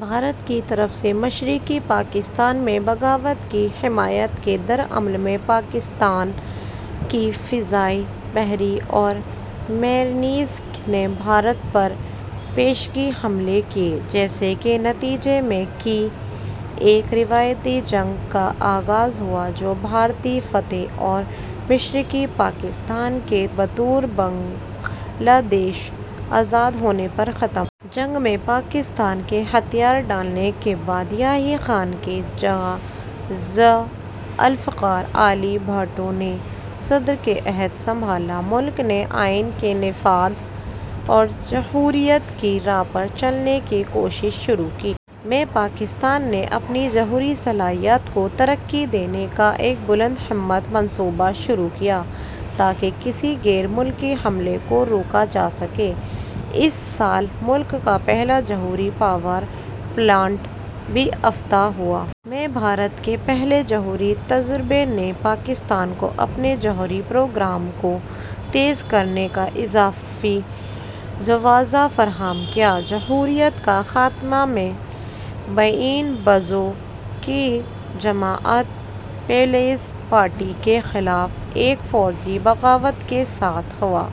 بھارت کی طرف سے مشرقی پاکستان میں بغاوت کی حمایت کے رد عمل میں، پاکستان کی فضائیہ، بحریہ اور میرینز نے بھارت پر پیشگی حملے کیے، جس کے نتیجے میں کی ایک روایتی جنگ کا آغاز ہوا جو بھارتی فتح اور مشرقی پاکستان کے بطور بنگلہ دیش آزاد ہونے پر ختم ہوئی۔ جنگ میں پاکستان کے ہتھیار ڈالنے کے بعد یحییٰ خان کی جگہ ذو الفقار علی بھٹو نے صدر کا عہدہ سنبھالا؛ ملک نے آئین کے نفاذ اور جمہوریت کی راہ پر چلنے کی کوششیں شروع کیں۔ میں پاکستان نے اپنی جوہری صلاحیت کو ترقی دینے کا ایک بلند ہمت منصوبہ شروع کیا تاکہ کسی غیر ملکی حملے کو روکا جا سکے؛ اسی سال ملک کا پہلا جوہری پاور پلانٹ بھی افتتاح ہوا۔ میں بھارت کے پہلے جوہری تجربے نے پاکستان کو اپنے جوہری پروگرام کو تیز کرنے کا اضافی جواز فراہم کیا۔ جمہوریت کا خاتمہ میں بائیں بازو کی جماعت پیپلز پارٹی کے خلاف ایک فوجی بغاوت کے ساتھ ہوا،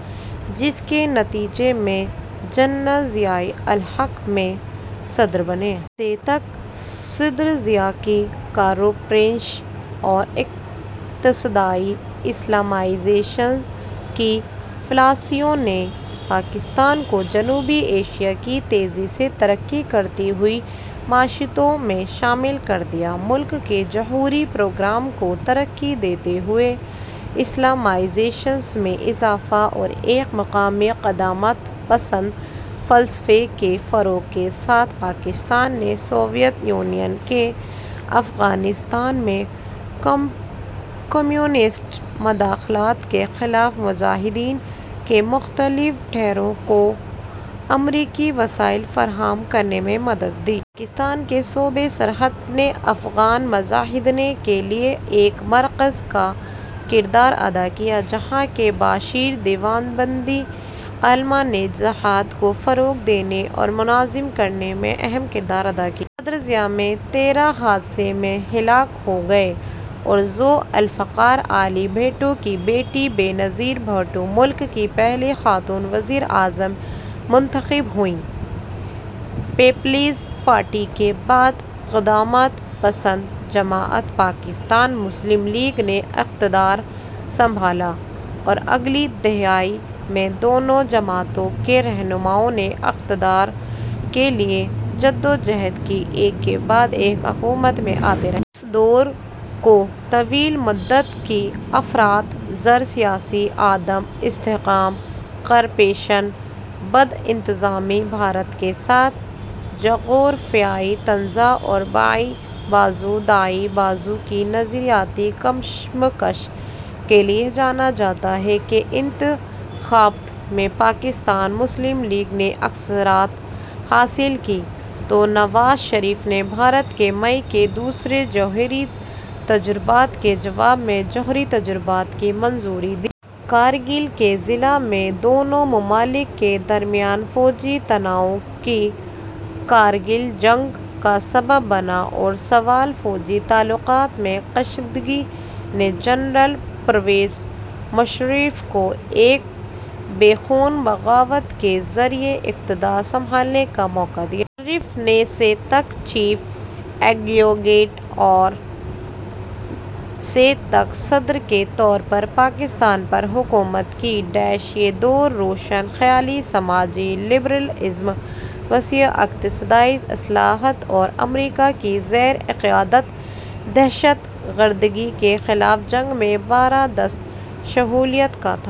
جس کے نتیجے میں جنرل ضیاء الحق میں صدر بنے۔ سے تک صدر ضیاء کی کارپوریشن اور اقتصادی اسلامائزیشن کی پالیسیوں نے پاکستان کو جنوبی ایشیا کی تیزی سے ترقی کرتی ہوئی معیشتوں میں شامل کر دیا۔ ملک کے جوہری پروگرام کو ترقی دیتے ہوئے، اسلامائزیشن میں اضافہ اور ایک مقامی قدامت پسند فلسفے کے فروغ کے ساتھ، پاکستان نے سوویت یونین کی افغانستان میں کمیونسٹ مداخلت کے خلاف مجاہدین کے مختلف دھڑوں کو امریکی وسائل فراہم کرنے میں مدد دی۔ پاکستان کے صوبہ سرحد نے افغان مجاہدین کے لیے ایک مرکز کا کردار ادا کیا، جہاں کے بااثر دیوبندی علما نے 'جہاد' کو فروغ دینے اور منظم کرنے میں اہم کردار ادا کیا۔ صدر ضیاء میں طیارہ حادثے میں ہلاک ہو گئے اور ذو الفقار علی بھٹو کی بیٹی بے نظیر بھٹو ملک کی پہلی خاتون وزیر اعظم منتخب ہوئیں۔ پیپلز پارٹی کے بعد قدامت پسند جماعت پاکستان مسلم لیگ نے اقتدار سنبھالا اور اگلی دہائی میں دونوں جماعتوں کے رہنماؤں نے اقتدار کے لیے جدوجہد کی، ایک کے بعد ایک حکومت میں آتے رہے۔ اس دور کو طویل مدت کی افراط زر، سیاسی عدم استحکام، کرپشن، بدانتظامی، بھارت کے ساتھ جغرافیائی تنازع اور بائیں بازو-دائیں بازو کی نظریاتی کشمکش کے لیے جانا جاتا ہے۔ کے انتخابات میں پاکستان مسلم لیگ نے اکثریت حاصل کی تو نواز شریف نے بھارت کے مئی کے دوسرے جوہری تجربات کے جواب میں جوہری تجربات کی منظوری دی۔ کارگل کے ضلع میں دونوں ممالک کے درمیان فوجی تناؤ کی کارگل جنگ کا سبب بنا اور سول-فوجی تعلقات میں کشیدگی نے جنرل پرویز مشرف کو ایک بے خون بغاوت کے ذریعے اقتدار سنبھالنے کا موقع دیا۔ مشرف نے سے تک چیف ایگزیکٹو اور سے تک صدر کے طور پر پاکستان پر حکومت کی—یہ دور روشن خیالی، سماجی لبرل ازم، وسیع اقتصادی اصلاحات اور امریکا کی زیر قیادت دہشت گردی کے خلاف جنگ میں براہ راست شمولیت کا تھا۔